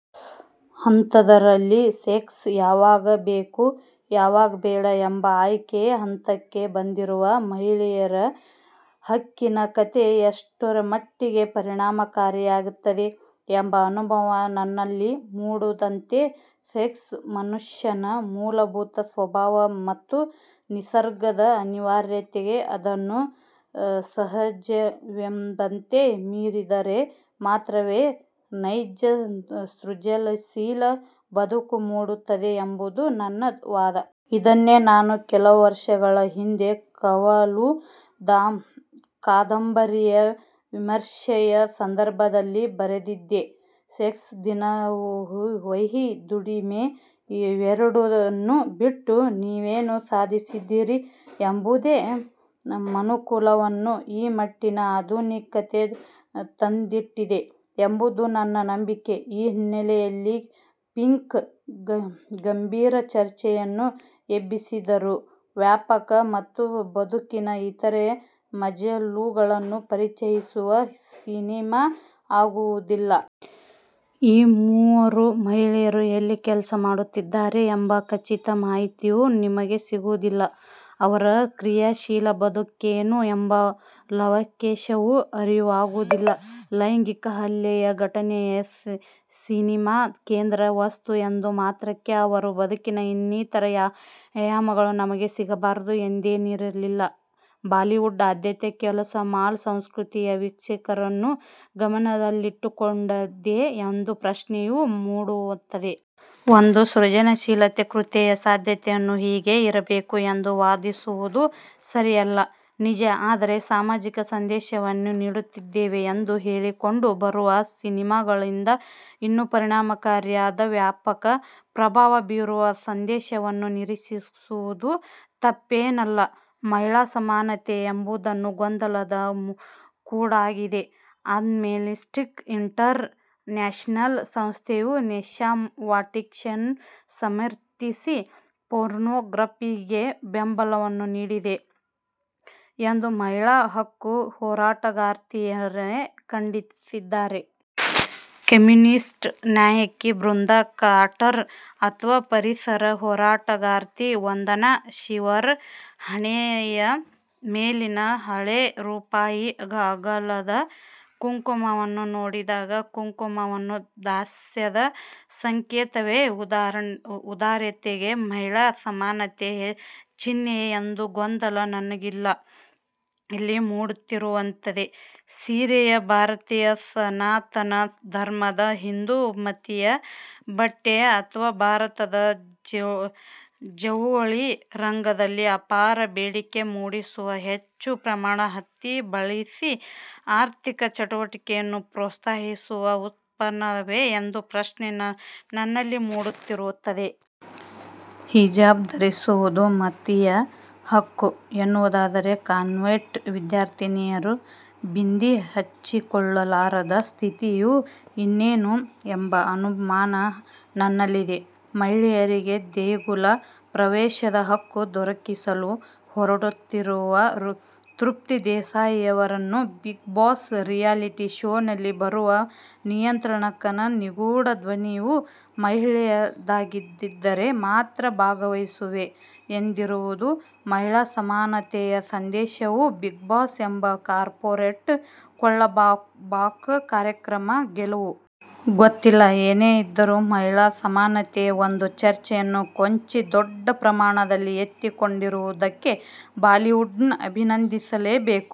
ಅಂಥದ್ದರಲ್ಲಿ sex ಯಾವಾಗ ಬೇಕು, ಯಾವಾಗ ಬೇಡ' ಎಂಬ ಆಯ್ಕೆಯ ಹಂತಕ್ಕೆ ಬಂದಿರುವ ಮಹಿಳೆಯರ ಹಕ್ಕಿನ ಕಥೆ ಎಷ್ಟರಮಟ್ಟಿಗೆ ಪರಿಣಾಮಕಾರಿಯಾಗುತ್ತದೆ ಎಂಬ ಅನುಮಾನ ನನ್ನಲ್ಲಿ ಮೂಡುತ್ತದೆ. ಸೆಕ್ಸ್ ಮನುಷ್ಯನ ಮೂಲಭೂತ ಸ್ವಭಾವ ಮತ್ತು ನಿಸರ್ಗದ ಅನಿವಾರ್ಯತೆ. ಅದನ್ನು ಸಹಜವೆಂಬಂತೆ ಮೀರಿದರೆ ಮಾತ್ರವೇ ನೈಜ-ಸೃಜನಶೀಲ ಬದುಕು ಮೂಡುತ್ತದೆ ಎಂಬುದು ನನ್ನ ವಾದ. ಇದನ್ನೇ ನಾನು ಕೆಲವರ್ಷಗಳ ಹಿಂದೆ ಕವಲು' ಕಾದಂಬರಿಯ ವಿಮರ್ಶೆಯ ಸಂದರ್ಭದಲ್ಲಿ ಬರೆದಿದ್ದೆ. ಸೆಕ್ಸ್-ದಿನವಹಿ ದುಡಿಮೆ ಇವೆರಡನ್ನೂ ಬಿಟ್ಟು ನೀವೇನು ಸಾಧಿಸಿದ್ದೀರಿ ಎಂಬುದೇ ಮನುಕುಲವನ್ನು ಈ ಮಟ್ಟಿನ ಆಧುನಿಕತೆಗೆ ತಂದಿಟ್ಟಿದೆ ಎಂಬುದು ನನ್ನ ನಂಬಿಕೆ. ಈ ಹಿನ್ನೆಲೆಯಲ್ಲಿ ಪಿಂಕ್' ಗಂಭೀರ ಚರ್ಚೆಯನ್ನು ಎಬ್ಬಿಸಿದ್ದರೂ, ವ್ಯಾಪಕ ಮತ್ತು ಬದುಕಿನ ಇತರೆ ಮಜಲುಗಳನ್ನು ಪರಿಚಯಿಸುವ ಸಿನೆಮಾ ಆಗುವುದಿಲ್ಲ. ಈ ಮೂವರೂ ಮಹಿಳೆಯರು ಎಲ್ಲಿ ಕೆಲಸ ಮಾಡುತ್ತಿದ್ದಾರೆ ಎಂಬ ಖಚಿತ ಮಾಹಿತಿಯೂ ನಿಮಗೆ ಸಿಗುವುದಿಲ್ಲ. ಅವರ ಕ್ರಿಯಾಶೀಲ ಬದುಕೇನು ಎಂಬ ಲವಲೇಶವೂ ಅರಿವಾಗುವುದಿಲ್ಲ. ಲೈಂಗಿಕ ಹಲ್ಲೆಯ ಘಟನೆಯೇ ಸಿನೆಮಾದ ಕೇಂದ್ರ ವಸ್ತು ಎಂದ ಮಾತ್ರಕ್ಕೆ ಅವರ ಬದುಕಿನ ಇನ್ನಿತರೆ ಆಯಾಮಗಳು ನಮಗೆ ಸಿಗಬಾರದು ಎಂದೇನಿರಲಿಲ್ಲ. ಬಾಲಿವುಡ್ನ ಆದ್ಯತೆ ಕೇವಲ ಮಾಲ್ ಸಂಸ್ಕೃತಿಯ ವೀಕ್ಷಕರನ್ನು ಗಮನದಲ್ಲಿಟ್ಟುಕೊಂಡಿದೆಯೇ ಎಂಬ ಪ್ರಶ್ನೆಯೂ ಮೂಡುತ್ತದೆ. ಒಂದು ಸೃಜನಶೀಲ ಕೃತಿಯ ಸಾಧ್ಯತೆಗಳು ಹೀಗೆಯೇ ಇರಬೇಕು ಎಂದು ವಾದಿಸುವುದು ಸರಿಯಲ್ಲ, ನಿಜ. ಆದರೆ ಸಾಮಾಜಿಕ ಸಂದೇಶವನ್ನೇ ನೀಡುತ್ತಿದ್ದೇವೆ ಎಂದು ಹೇಳಿಕೊಂಡು ಬರುವ ಸಿನೆಮಾಗಳಿಂದ ಇನ್ನೂ ಪರಿಣಾಮಕಾರಿಯಾದ, ವ್ಯಾಪಕ ಪ್ರಭಾವ ಬೀರುವ ಸಂದೇಶಗಳನ್ನು ನಿರೀಕ್ಷಿಸುವುದು ತಪ್ಪೇನಲ್ಲ. ಮಹಿಳಾ ಸಮಾನತೆ ಎಂಬುದು ಗೊಂದಲದ ಗೂಡಾಗಿದೆ. ಆಮ್ನೆಸ್ಟಿ ಇಂಟರ್ ನ್ಯಾಶನಲ್ ಸಂಸ್ಥೆಯು ವೇಶ್ಯಾವಾಟಿಕೆಯನ್ನು ಸಮರ್ಥಿಸಿ ಪೋರ್ನೋಗ್ರಫಿಗೆ ಬೆಂಬಲ ನೀಡಿದೆ ಎಂದು ಮಹಿಳಾ ಹಕ್ಕು ಹೋರಾಟಗಾರ್ತಿಯರೇ ಖಂಡಿಸಿದ್ದಾರೆ. ಕಮ್ಯುನಿಸ್ಟ್ ನಾಯಕಿ ಬೃಂದಾ ಕಾರಟ್ ಅಥವಾ ಪರಿಸರ ಹೋರಾಟಗಾರ್ತಿ ವಂದನಾ ಶಿವರ ಹಣೆಯ ಮೇಲಿನ ಹಳೆ ರೂಪಾಯಿ ಅಗಲದ ಕುಂಕುಮವನ್ನು ನೋಡಿದಾಗ ಕುಂಕುಮವು ದಾಸ್ಯದ ಸಂಕೇತವೆ, ಉದಾರತೆಯ, ಮಹಿಳಾ ಸಮಾನತೆಯ ಚಿಹ್ನೆಯೆ ಎಂಬ ಗೊಂದಲ ನನ್ನಲ್ಲಿ ಮೂಡುತ್ತಿರುತ್ತದೆ! ಸೀರೆಯು ಭಾರತೀಯ ಸನಾತನ ಧರ್ಮದ, ಹಿಂದೂ ಮತೀಯ ಬಟ್ಟೆಯೆ ಅಥವಾ ಭಾರತದ ಜವುಳಿ ರಂಗದಲ್ಲಿ ಅಪಾರ ಬೇಡಿಕೆ ಮೂಡಿಸುವ, ಹೆಚ್ಚು ಪ್ರಮಾಣದ ಹತ್ತಿ ಬಳಸಿ ಆರ್ಥಿಕ ಚಟುವಟಿಕೆಯನ್ನು ಪ್ರೋತ್ಸಾಹಿಸುವ ಉತ್ಪನ್ನವೆ ಎಂಬ ಪ್ರಶ್ನೆ ನನ್ನಲ್ಲಿ ಮೂಡುತ್ತಿರುತ್ತದೆ. ಹಿಜಾಬ್ ಧರಿಸುವುದು ಮತೀಯ ಹಕ್ಕು ಎನ್ನುವುದಾದರೆ ಕಾನ್ವೆಂಟ್ ವಿದ್ಯಾರ್ಥಿನಿಯರು ಬಿಂದಿ ಹಚ್ಚಿಕೊಳ್ಳಲಾರದ ಸ್ಥಿತಿಯು ಇನ್ನೇನು ಎಂಬ ಅನುಮಾನ ನನ್ನಲ್ಲಿದೆ. ಮಹಿಳೆಯರಿಗೆ ದೇಗುಲ ಪ್ರವೇಶದ ಹಕ್ಕು ದೊರಕಿಸಲು ಹೋರಾಡುತ್ತಿರುವ ತೃಪ್ತಿ ದೇಸಾಯಿಯವರು ಬಿಗ್ ಬಾಸ್' ರಿಯಾಲಿಟಿ ಶೋನಲ್ಲಿ ಬರುವ ನಿಯಂತ್ರಕನ ನಿಗೂಢ ಧ್ವನಿಯು ಮಹಿಳೆಯದಾಗಿದ್ದರೆ ಮಾತ್ರ ಭಾಗವಹಿಸುವೆ ಎಂದಿರುವುದು ಮಹಿಳಾ ಸಮಾನತೆಯ ಸಂದೇಶವೋ, ಬಿಗ್ ಬಾಸ್' ಎಂಬ ಕಾರ್ಪೋರೇಟ್ ಕೊಳ್ಳುಬಾಕ ಕಾರ್ಯಕ್ರಮದ ಗೆಲುವೋ? ಗೊತ್ತಿಲ್ಲ! ಏನೇ ಇದ್ದರೂ, ಮಹಿಳಾ ಸಮಾನತೆಯ ಒಂದು ಚರ್ಚೆಯನ್ನು ಕೊಂಚ ದೊಡ್ಡ ಪ್ರಮಾಣದಲ್ಲಿ ಎತ್ತಿಕೊಂಡಿರುವುದಕ್ಕೆ ಬಾಲಿವುಡ್ನ ಅಭಿನಂದಿಸಲೇಬೇಕು